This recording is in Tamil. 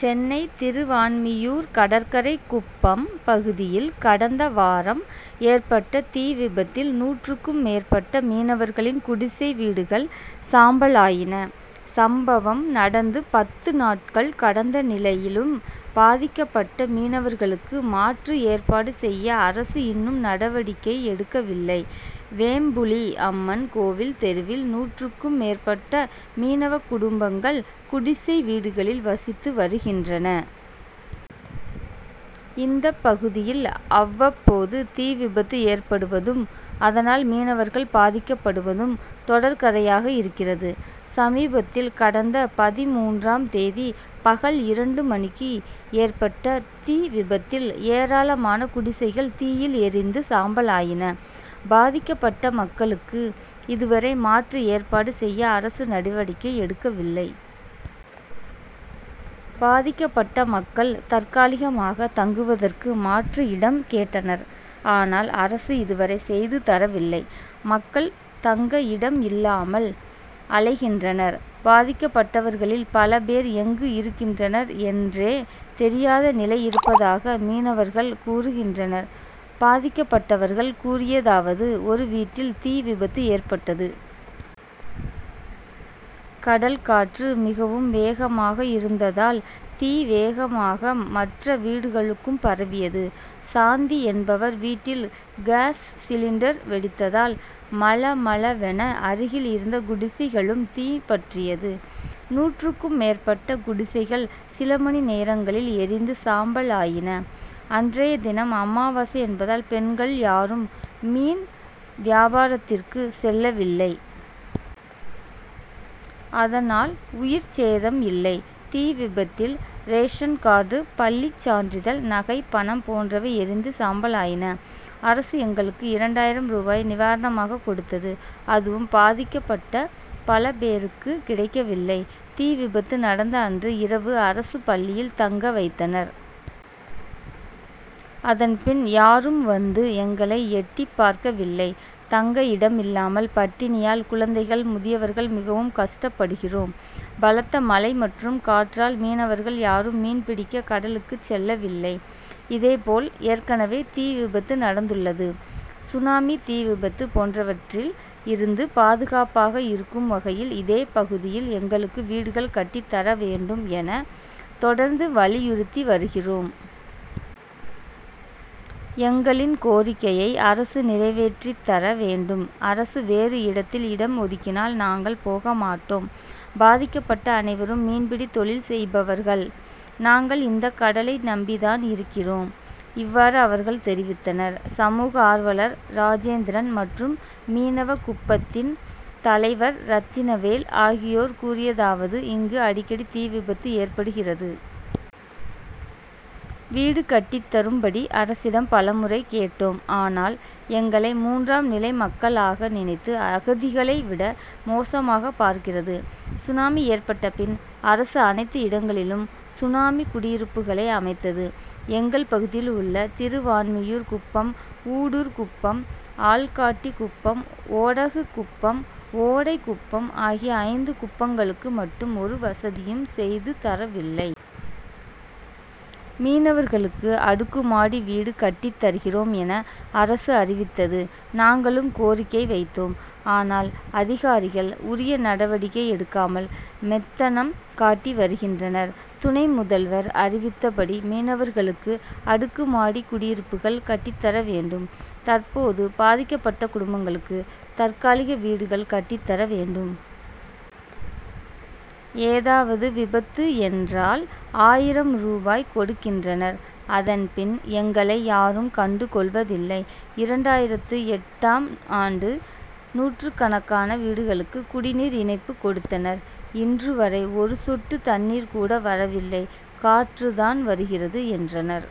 சென்னை திருவான்மியூர் கடற்கரை குப்பம் பகுதியில் கடந்த வாரம் ஏற்பட்ட தீ விபத்தில் நூற்றுக்கும் மேற்பட்ட மீனவர்களின் குடிசைவீடுகள் சாம்பலாயின. சம்பவம் நடந்து பத்து நாட்கள் கடந்த நிலையிலும் பாதிக்கப்பட்ட மீனவர்களுக்கு மாற்று ஏற்பாடு செய்ய அரசு இன்னும் நடவடிக்கை எடுக்கவில்லை. வேம்புலி அம்மன் கோவில் தெருவில் நூற்றுக்கும் மேற் பட்ட மீனவ குடும்பங்கள் குடிசை வீடுகளில் வசித்து வருகின்றன. இந்தப் பகுதியில் அவ் வப்போது தீ விபத்து ஏற்படுவதும் அதனால் மீனவர்கள் பாதிக்கப்படுவதும் தொடர்கதையாக இருக்கிறது. சமீபத்தில் கடந்த பதின்மூன்றாம் தேதி பகல் இரண்டு மணிக்கு ஏற்பட்ட தீ விபத்தில் ஏராளமான குடிசைகள் தீயில் எரிந்து சாம்பலாயின. பாதிக்கப்பட்ட மக்களுக்கு இதுவரை மாற்று ஏற்பாடு செய்ய அரசு நடவடிக்கை எடுக்கவில்லை. பாதிக்கப்பட்ட மக்கள் தற்காலிகமாக தங்குவதற்கு மாற்று இடம் கேட்டனர். ஆனால் அரசு இதுவரை செய்து தரவில்லை. மக்கள் தங்க இடம் இல்லாமல் அலைகின்றனர். பாதிக்கப்பட்டவர்களில் பல பேர் எங்கு இருக்கின்றனர் என்றே தெரியாத நிலை இருப்பதாக மீனவர்கள் கூறுகின்றனர். பாதிக்கப்பட்டவர்கள் கூறியதாவது ஒரு வீட்டில் தீ விபத்து ஏற் பட்டது. கடல் காற்று மிகவும் வேகமாக இருந்ததால் தீ வேகமாக மற்ற வீடுகளுக்கும் பரவியது. சாந்தி என்பவர் வீட்டில் காஸ் சிலிண்டர் வெடித்ததால் மளமளவென அருகில் இருந்த குடிசைகளும் தீ பற்றியது. நூற்றுக்கும் மேற்பட்ட குடிசைகள் சில மணி நேரங்களில் எரிந்து சாம்பல் ஆயின. அன்றைய தினம் அமாவாசை என்பதால் பெண்கள் யாரும் மீன் வியாபாரத்திற்கு செல்லவில்லை. அதனால் உயிர்ச்சேதம் இல்லை. தீ விபத்தில் ரேஷன் கார்டு பள்ளி சான்றிதழ் நகை பணம் போன்றவை எரிந்து சாம்பலாயின. அரசு எங்களுக்கு இரண்டாயிரம் ரூபாய் நிவாரணமாக கொடுத் தது. அதுவும் பாதிக்கப்பட்ட பல பேருக்கு கிடைக்கவில்லை. தீ விபத்து நடந்த அன்று இரவு அரசு பள்ளியில் தங்க வைத்தனர். அதன்பின் யாரும் வந்து எங்களை எட்டிப் பார்க்கவில்லை. தங்க இடம் இல்லாமல் பட்டினியால் குழந்தைகள் முதியவர்கள் மிகவும் கஷ்டப்படுகிறோம். பலத்த மழை மற்றும் காற்றால் மீனவர்கள் யாரும் மீன் பிடிக்க கடலுக்கு செல்லவில்லை. இதேபோல் ஏற்கனவே தீ விபத்து நடந்துள்ளது. சுனாமி தீ விபத்து போன்றவற்றில் இருந்து பாதுகாப்பாக இருக்கும் வகையில் இதே பகுதியில் எங்களுக்கு வீடுகள் கட்டி தர வேண்டும் என தொடர்ந்து வலியுறுத்தி வருகிறோம். எங்களின் கோரிக்கையை அரசு நிறைவேற்றித் தர வேண் டும். அரசு வேறு இடத்தில் இடம் ஒதுக்கினால் நாங்கள் போக மாட்டோம். பாதிக்கப் பட்ட அனைவரும் மீன்பிடி தொழில் செய்பவர்கள். நாங்கள் இந்த கடலை நம்பி தான் இருக்கிறோம். இவ்வாறு அவர்கள் தெரிவித்தனர். சமூக ஆர்வலர் ராஜேந்திரன் மற்றும் மீனவ குப்பத்தின் தலைவர் ரத்தினவேல் ஆகியோர்கூறியதாவது இங்கு அடிக்கடி தீ விபத்து ஏற்படுகிறது. வீடு கட்டித்தரும் படி அரசிடம் பலமுறை கேட் டோம். ஆனால் எங்களை மூன் றாம் நிலை மக்களாக நினைத்து அகதிகளை விட மோசமாக பார்க்கிறது. சுனாமி ஏற்பட்டபின் அரசு அனைத்து இடங்களிலும் சுனாமி குடியிருப்புகளை அமைத்தது. எங்கள் பகுதியில் உள்ள திருவான்மியூர் குப்பம் ஊடூர் குப்பம் ஆள்காட்டி குப்பம் ஓடகு குப்பம் ஓடை குப்பம் ஆகிய ஐந்து குப்பங்களுக்கு மட்டும் ஒரு வசதியும் செய்து தரவில்லை. மீனவர்களுக்கு அடுக்குமாடி வீடு கட்டி தருகிறோம் என அரசு அறிவித்தது. நாங்களும் கோரிக்கை வைத்தோம். ஆனால் அதிகாரிகள் உரிய நடவடிக்கை எடுக்காமல் மெத்தனம் காட்டி வருகின்றனர். துணை முதல்வர் அறிவித்தபடி மீனவர்களுக்கு அடுக்கு மாடி குடியிருப்புகள் கட்டித்தர வேண்டும். தற்போது பாதிக்கப்பட்ட குடும்பங்களுக்கு தற்காலிக வீடுகள் கட்டி தர வேண்டும். ஏதாவது விபத்து ஏன்றால் ஆயிரம் ரூபாய் கொடுக் கின்றனர். அதன்பின் எங்களை யாரும் கண்டு கொள்வதில்லை. இரண்டாயிரத்து எட்டாம் ஆண்டு நூற்றுக்கணக்கான வீடுகளுக்கு குடிநீர் இணைப்பு கொடுத்தனர். இன்று வரை ஒரு சொட்டு தண்ணீர் கூட வரவில்லை காற்று தான் வருகிறது என்றனர்.